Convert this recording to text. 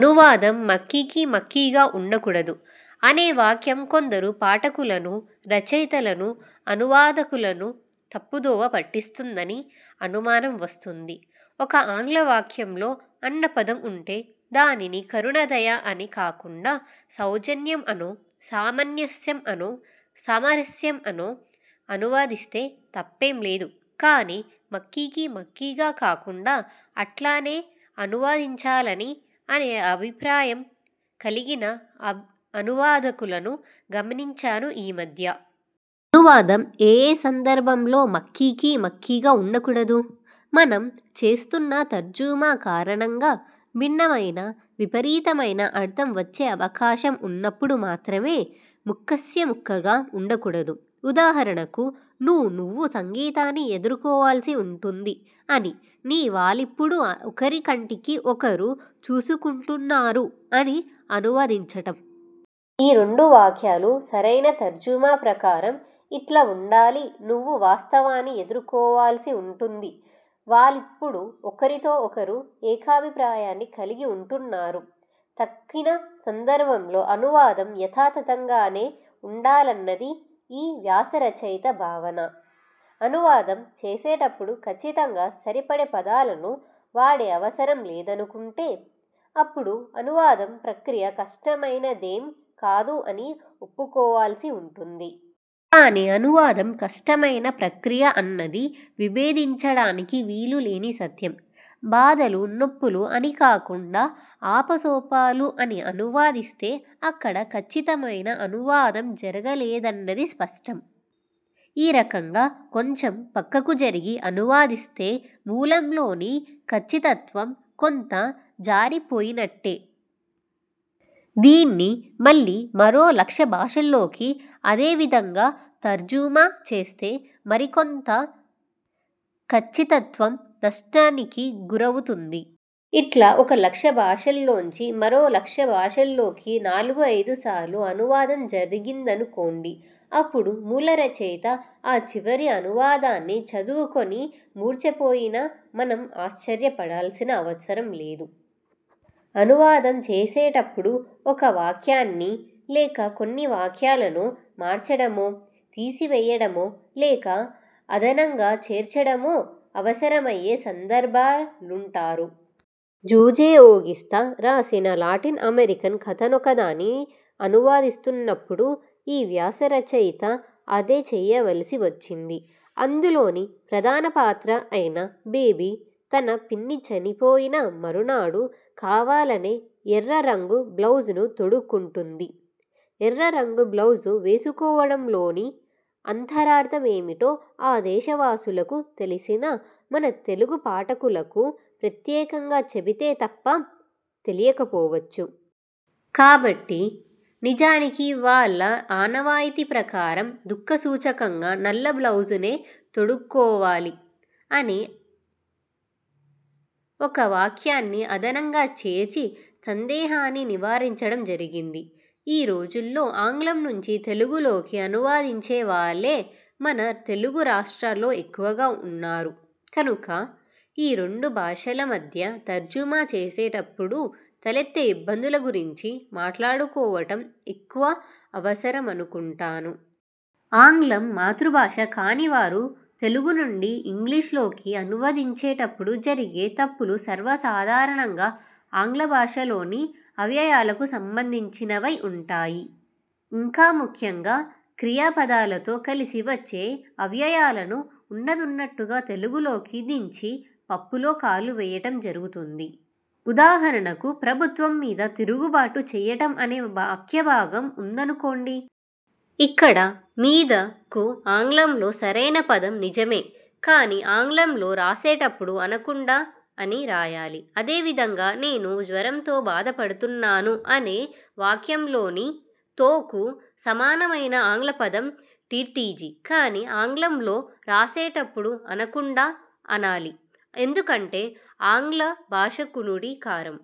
అనువాదం మక్ఖీకి మక్ఖీగా ఉండకూడదు, అనే వాక్యం కొందరు పాఠకులను, రచయితలను, అనువాదకులను తప్పుదోవ పట్టిస్తున్నదని అనుమానం వస్తోంది. ఒక ఆంగ్ల వాక్యంలో అన్న పదం ఉంటే, దాన్ని కరుణ దయ అని కాకుండా సౌజన్యం అనో, సౌమనస్యం అనో, సామరస్యం అనో అనువదిస్తే తప్పేం లేదు కానీ మక్ఖీకి మక్ఖీగా కాకుండా అట్లానే అనువదించాలి అనే అభిప్రాయాన్ని కలిగిన అబ్ అనువాదకులను గమనించాను ఈ మధ్య. అనువాదం ఏయే సందర్భాల్లో మక్ఖీకి మక్ఖీగా ఉండకూడదు? మనం చేస్తున్న తర్జుమా కారణంగా భిన్నమైన, విపరీతమైన అర్థం వచ్చే అవకాశం ఉన్నప్పుడు మాత్రమే ముక్కస్య ముక్కగా ఉండకూడదు. ఉదాహరణకు ' 'ను నువ్వు సంగీతాన్ని ఎదుర్కోవలసి ఉంటుంది అని, ' 'ని వాళ్లిప్పుడు ఒకరి కంట్లోకి ఒకరు చూసుకుంటున్నారు అని అనువదించటం. ఈ రెండు వాక్యాలు సరైన తర్జుమా ప్రకారం ఇట్లా వుండాలి నువ్వు వాస్తవాన్ని ఎదుర్కోవలసి ఉంటుంది వాళ్లిప్పుడు ఒకరితో ఒకరు ఏకాభిప్రాయాన్ని కలిగి ఉంటున్నారు. తక్కిన సందర్భాల్లో అనువాదం యథాతథంగానే ఉండాలన్నది ఈ వ్యాసరచయిత భావన. 'అనువాదం' చేసేటప్పుడు కచ్చితంగా సరిపడే పదాలను వాడే అవసరం లేదనుకుంటే, అప్పుడు అనువాద ప్రక్రియ కష్టమైనదేం కాదు అని ఒప్పుకోవలసి ఉంటుంది. కాని, అనువాదం కష్టమైన ప్రక్రియ అన్నది విభేదించడానికి వీలు లేని సత్యం. బాధలు నొప్పులు అని కాకుండా ఆపసోపాలు అని అనువదిస్తే అక్కడ కచ్చితమైన అనువాదం జరగలేదన్నది స్పష్టం. ఈ రకంగా కొంచెం పక్కకు జరిగి అనువదిస్తే మూలంలోని కచ్చితత్వం కొంత జారిపోయినట్టే. దిన్ని మళ్లీ మరొక లక్ష్యభాష లోకి అదే విధంగా తర్జుమా చేస్తే మరికొంత కచ్చితత్వం నష్టానికి గురవుతుంది. ఇట్లా ఒక లక్ష్య భాషలోంచి మరొక లక్ష్య భాషలోకి నాలుగైదు సార్లు అనువాదం జరిగిందనుకోండి అప్పుడు మూల రచయిత ఆ చివరి అనువాదాన్ని చదువుకుని మూర్ఛపోయినా మనం ఆశ్చర్యపడాల్సిన అవసరం లేదు! అనువాదం చేసేటప్పుడు ఒక వాక్యాన్ని, లేక కొన్ని వాక్యాలను మార్చడమో తీసివేయడమో లేక అదనంగా చేర్చడమో అవసరమయ్యే సందర్భాటరు. జూజే ఓగిస్తా రాసిన లాటిన్ అమెరికన్ కథనొకదాన్ని అనువదిస్తున్నప్పుడు ఈ వ్యాసరచయిత అదే చేయవలసి వచ్చింది. అందులోని ప్రధాన పాత్ర అయిన బేబీ, తన పిన్ని చనిపోయిన మరునాడు కావాలనే ఎర్ర రంగు బ్లౌజును తొడుక్కుంటుంది. ఎర్ర రంగు బ్లౌజు వేసుకోవడం లోని అంతరార్థమేమిటో ఆ దేశవాసులకు తెలిసినా మన తెలుగు పాఠకులకు ప్రత్యేకంగా చెబితే తప్ప తెలియకపోవచ్చు. కాబట్టి 'నిజానికి వాళ్ల ఆనవాయితీ ప్రకారం దుఃఖసూచకంగా నల్ల బ్లౌజునే తొడుక్కోవాలి' అనే ఒక వాక్యాన్ని అదనంగా చేర్చి సందేహాన్ని నివారించడం జరిగింది. ఈ రోజుల్లో ఆంగ్లం నుంచి తెలుగులోనికి అనువదించేవాళ్లే మన తెలుగు రాష్ట్రాలలో ఎక్కువగా ఉన్నారు కనుక, ఈ రెండు భాషల మధ్య తర్జుమా చేసేటప్పుడు తలెత్తే ఇబ్బందుల గురించి మాట్లాడుకోవటం ఎక్కువ అవసరమనుకుంటాను. ఆంగ్లం మాతృభాష కానివారు తెలుగు నుండి ఇంగ్లిష్ లోకి అనువదిం చేటప్పుడు జరిగే తప్పులు సర్వసాధారణంగా ఆంగ్లభాషలోని అవ్యయాలకు సంబంధించినవై ఉంటాయి. ఇంకా ముఖ్యంగా, క్రియాపదంతో కలిసి వచ్చే అవ్యయాలను ఉన్నదున్నట్టుగా తెలుగులోకి దించి, పప్పులో కాలు వేయటం జరుగుతుంది. ఉదాహరణకు, ప్రభుత్వం మీద తిరుగుబాటు చేయడం అనే వాక్యభాగం ఉందనుకోండి. ఇక్కడ 'మీద'కు ఆంగ్లంలో సరైన పదం, నిజమే. కాని, ఆంగ్లంలో రాసేటప్పుడు అనకుండా అని రాయాలి. అదే విధంగా నేను జ్వరంతో బాధ పడుతున్నాను అనే వాక్యంలోని 'తో' కు సమానమైన ఆంగ్ల పదం ఠీజ్టీజి. కాని, ఆంగ్లంలో రాసేటప్పుడు అనకుండా, అనాలి. ఎందుకంటే, ఆంగ్ల భాషా నుడికారం